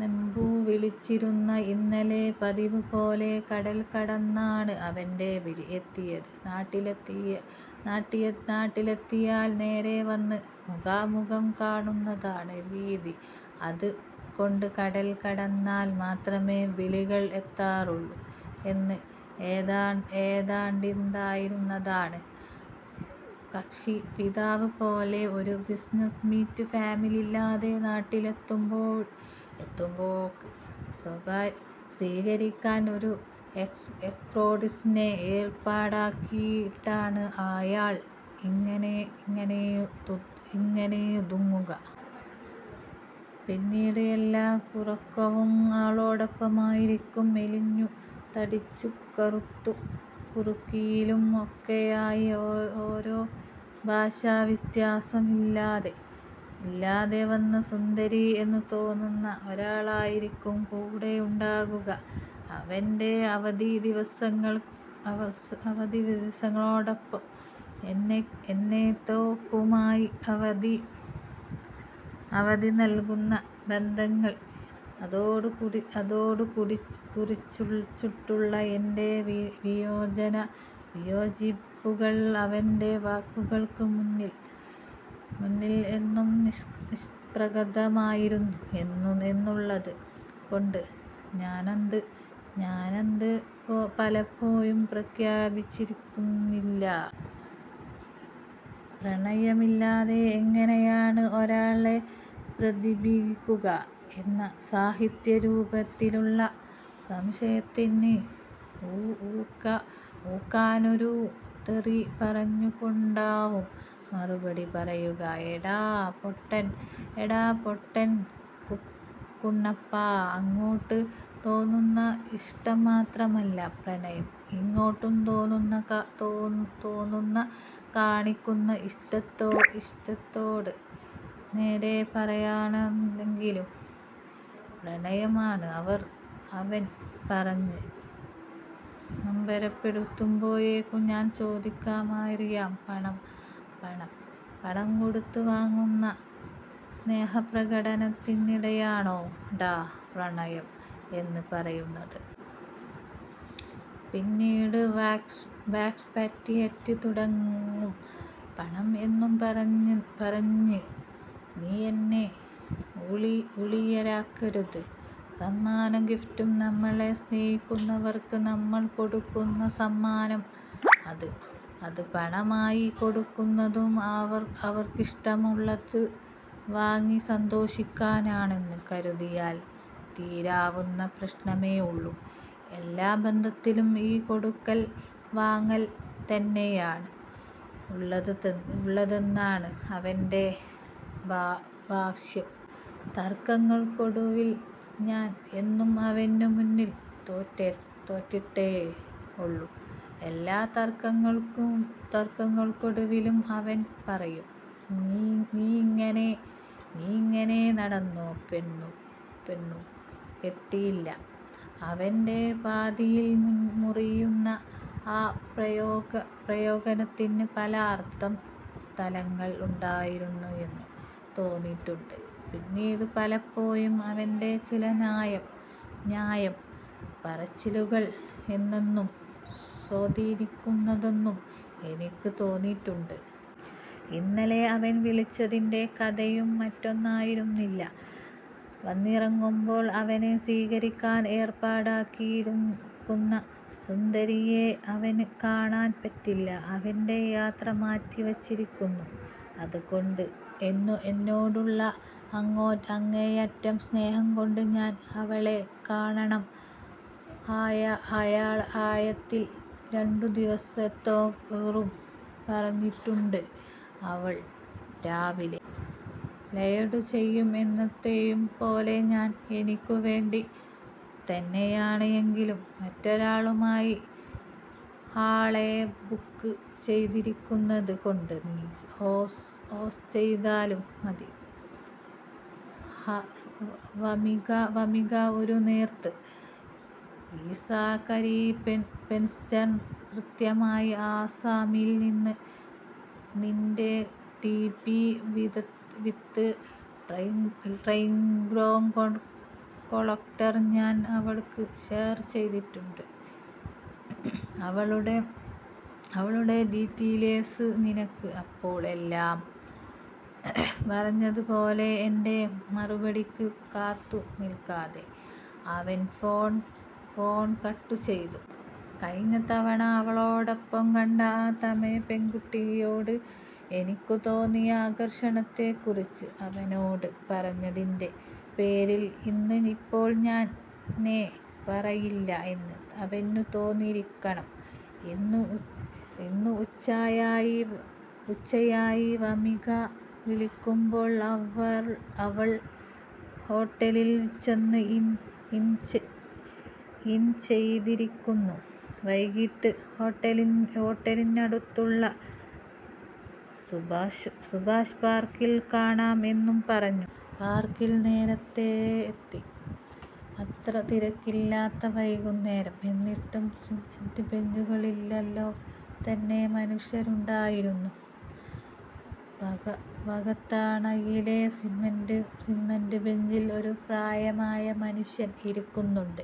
നെബു വിളിച്ചിരുന്നു ഇന്നലെ…! പതിവു പോലെ കടൽ കടന്നാണ് അവന്റെ വിളി എത്തിയത്. നാട്ടിലെത്തിയാൽ നേരേ വന്ന് മുഖാമുഖം കാണുന്നതാണ് രീതി. അതു കൊണ്ട് കടൽ കടന്നാൽ മാത്രമേ വിളികൾ എത്താറുള്ളൂ. ഇന്ന് എത്തേണ്ടിയിരുന്നതാണ് കക്ഷി. പതിവ് പൊലെ ഒരു ബിസിനസ് മീറ്റ്. ഫാമിലിയില്ലാതെ നാട്ടിൽ എത്തുമ്പോഴൊക്കെ സ്വീകരിക്കാൻ ഒരു എസ്കോർട്ടിനെ ഏർപ്പാടാക്കിയിട്ടാണ് ആൾ ഇങ്ങെത്തുക. പിന്നെ എല്ലാ കറക്കവും ആളോടൊപ്പമായിരിക്കും. മെലിഞ്ഞും തടിച്ചും കറുത്തും കുറുകിയും ഒക്കെയായി ദേശ ഭാഷാ വ്യത്യാസം ഇല്ലാതെ അവന് സുന്ദരി എന്നു തോന്നുന്ന ഒരാളായിരിക്കും കൂടെയുണ്ടാകുക. അവന്റെ അവധി ദിവസങ്ങൾക്കപ്പുറം എന്നേന്നേക്കുമായി അവധി നൽകുന്ന ബന്ധങ്ങൾ. അതേക്കുറിച്ചുള്ള എന്റെ വിയോജിപ്പുകൾ അവന്റെ വാക്കുകൾക്ക് മുന്നിൽ എന്നും നിഷ്പ്രഭമായിരുന്നു എന്നുള്ളത് കൊണ്ട് ഞാനത് പലപ്പോഴും പ്രകടിപ്പിച്ചിരുന്നില്ല. പ്രണയമില്ലാതെ എങ്ങനെയാണ് ഒരാളെ പ്രാപിക്കുക എന്ന സാഹിത്യരൂപത്തിലുള്ള സംശയത്തിന് ഊക്കനൊരു തെറി പറഞ്ഞു കൊണ്ടാവും മറുപടി പറയുക. ' എടാ പൊട്ടൻ കുണാപ്പാ, അങ്ങോട്ട് തോന്നുന്ന ഇഷ്ടം മാത്രമല്ല പ്രണയം, ഇങ്ങോട്ട് തോന്നുന്ന, കാണിക്കുന്ന ഇഷ്ടത്തോട് നോ പറയാതിരിക്കലും പ്രണയം ആണ്… ' അവൻ പറഞ്ഞ് നാവെടുക്കുമ്പോഴേക്കും ഞാൻ ചോദ്യമെറിയും, ' പണം കൊടുത്ത് വാങ്ങുന്ന സ്നേഹപ്രകടനത്തിനെയാണോടാ പ്രണയം എന്ന് പറയുന്നത്…? ' പിന്നെ വാക്പയറ്റ് തുടങ്ങും, 'പണം എന്നു പറഞ്ഞ് നീ എന്നെ ഊളയാക്കരുത്… സമ്മാനം… ഗിഫ്റ്റ്… നമ്മളെ സ്നേഹിക്കുന്നവർക്ക് നമ്മൾ കൊടുക്കുന്ന സമ്മാനം… അത് പണമായി കൊടുക്കുന്നത് അവർക്കിഷ്ടമുള്ളത് വാങ്ങി സന്തോഷിക്കാനാണെന്ന് കരുതിയാൽ തീരാവുന്ന പ്രശ്നമേ ഉള്ളൂ… ' 'എല്ലാ ബന്ധത്തിലും ഈ കൊടുക്കൽ വാങ്ങൽ തന്നെയാണ് ഉള്ളതെന്നാണ് അവന്റെ ഭാഷ്യം. തർക്കങ്ങൾക്കൊടുവിൽ ഞാൻ എന്നും അവനു മുന്നിൽ തോറ്റിട്ടേ ഉള്ളൂ… ' എല്ലാ തർക്കങ്ങൾക്കൊടുവിലും അവൻ പറയും, 'നീയിങ്ങനെ നടന്നോ…!! പെണ്ണും കെട്ടില്ല… ' അവന്റെ പാതിയിൽ മുറിയുന്ന ആ പ്രയോഗത്തിന് പല അർത്ഥ തലങ്ങൾ ഉണ്ടായിരുന്നെന്ന് തോന്നിയിട്ടുണ്ട്. പിന്നീട് പലപ്പോഴും അവന്റെ ചില ന്യായം പറച്ചിലുകൾ എന്നെയും സ്വാധീനിക്കുന്നുണ്ടെന്ന് എനിക്ക് തോന്നിയിട്ടുണ്ട്. ഇന്നലെ അവൻ വിളിച്ചതിന്റെ കഥയും മറ്റൊന്നായിരുന്നില്ല. വന്നിറങ്ങുമ്പോൾ അവനെ സ്വീകരിക്കാൻ ഏർപ്പാടാക്കിയിരിക്കുന്ന സുന്ദരിയെ അവന് കാണാൻ പറ്റില്ല. അവന്റെ യാത്ര മാറ്റി വച്ചിരിക്കുന്നു. അതു കൊണ്ട് എന്നോടുള്ള അങ്ങേയറ്റം സ്നേഹം കൊണ്ട് ഞാൻ അവളെ കാണണം. 'ഹയാത്തിൽ രണ്ടു ദിവസത്തേയ്ക്ക് റൂം പറഞ്ഞിട്ടുണ്ട്… അവൾ രാവിലെ ലാൻഡ് ചെയ്യും… എന്നത്തേയും പോലെ ഞാൻ എനിക്കു വേണ്ടി തന്നെയാണെങ്കിലും മറ്റൊരാളായി ആളെ ബുക്ക് ചെയ്തിരിക്കുന്നത് കൊണ്ട്, നീ ഹോസ്റ്റ് ചെയ്താലും മതി… '' വാമിഖ… ഒരു നോർത്ത് ഈസ്റ്റ്കാരി പെണ്ൺ… കൃത്യമായി ആസാമിൽ നിന്ന്… നിന്റെ ഡിപി വിത്ത് ടെലഗ്രാം കോണ്ടാക്ട് ഞാൻ ആൾക്ക് ഷെയർ ചെയ്തിട്ടുണ്ട്… അവളുടെ ഡീറ്റയിൽസ് നിനക്കും… അപ്പോൾ എല്ലാം പറഞ്ഞത് പോലെ… ' എന്റെ മറുപടിയ്ക്ക് കാത്തു നിൽക്കാതെ അവൻ ഫോൺ കട്ടു ചെയ്തു. കഴിഞ്ഞ തവണ അവനോടൊപ്പം കണ്ട ആ തമിഴ് പെൺകുട്ടിയോട് എനിക്കു തോന്നിയ ആകർഷണത്തേക്കുറിച്ച് അവനോട് പറഞ്ഞതിന്റെ പേരിൽ, ഇന്ന് ഇപ്പോൾ ഞാൻ നോ പറയില്ല എന്ന് അവനും തോന്നിയിരിക്കണം. ഇന്ന് ഉച്ചയായി വാമിഖ വിളിക്കുമ്പോൾ. അവൾ ഹോട്ടലിൽ ചെക്ക് ഇൻ ചെയ്തിരിക്കുന്നു. വൈകിട്ട് ഹോട്ടലിനടുതുള്ള സുഭാഷ് പാർക്കിൽ കാണാം എന്നു പറഞ്ഞു. പർക്കിൽ നേരത്തേ എത്തി. അത്ര തിരക്കില്ലാത്ത വൈകുന്നേരം. എന്നിട്ടും സിമന്റ് ബഞ്ചുകളിലെലെല്ലാം തന്നെ മനുഷ്യരുണ്ടായിരുന്നു. വാകത്തണലിലെ സിമന്റ് ബഞ്ചിൽ ഒരു പ്രായമായ മനുഷ്യൻ ഇരിക്കുന്നുണ്ട്.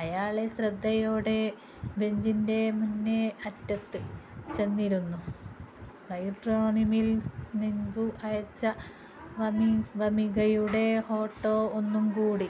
അയാളെ ശ്രദ്ധിക്കാതെ ബഞ്ചിന്റെ മറ്റേ അറ്റത്ത് ചെന്നിരുന്നു. ടെലഗ്രാമിൽ നെബു അയച്ച വാമിഖയുടെ ഫോട്ടോ ഒന്നു കൂടി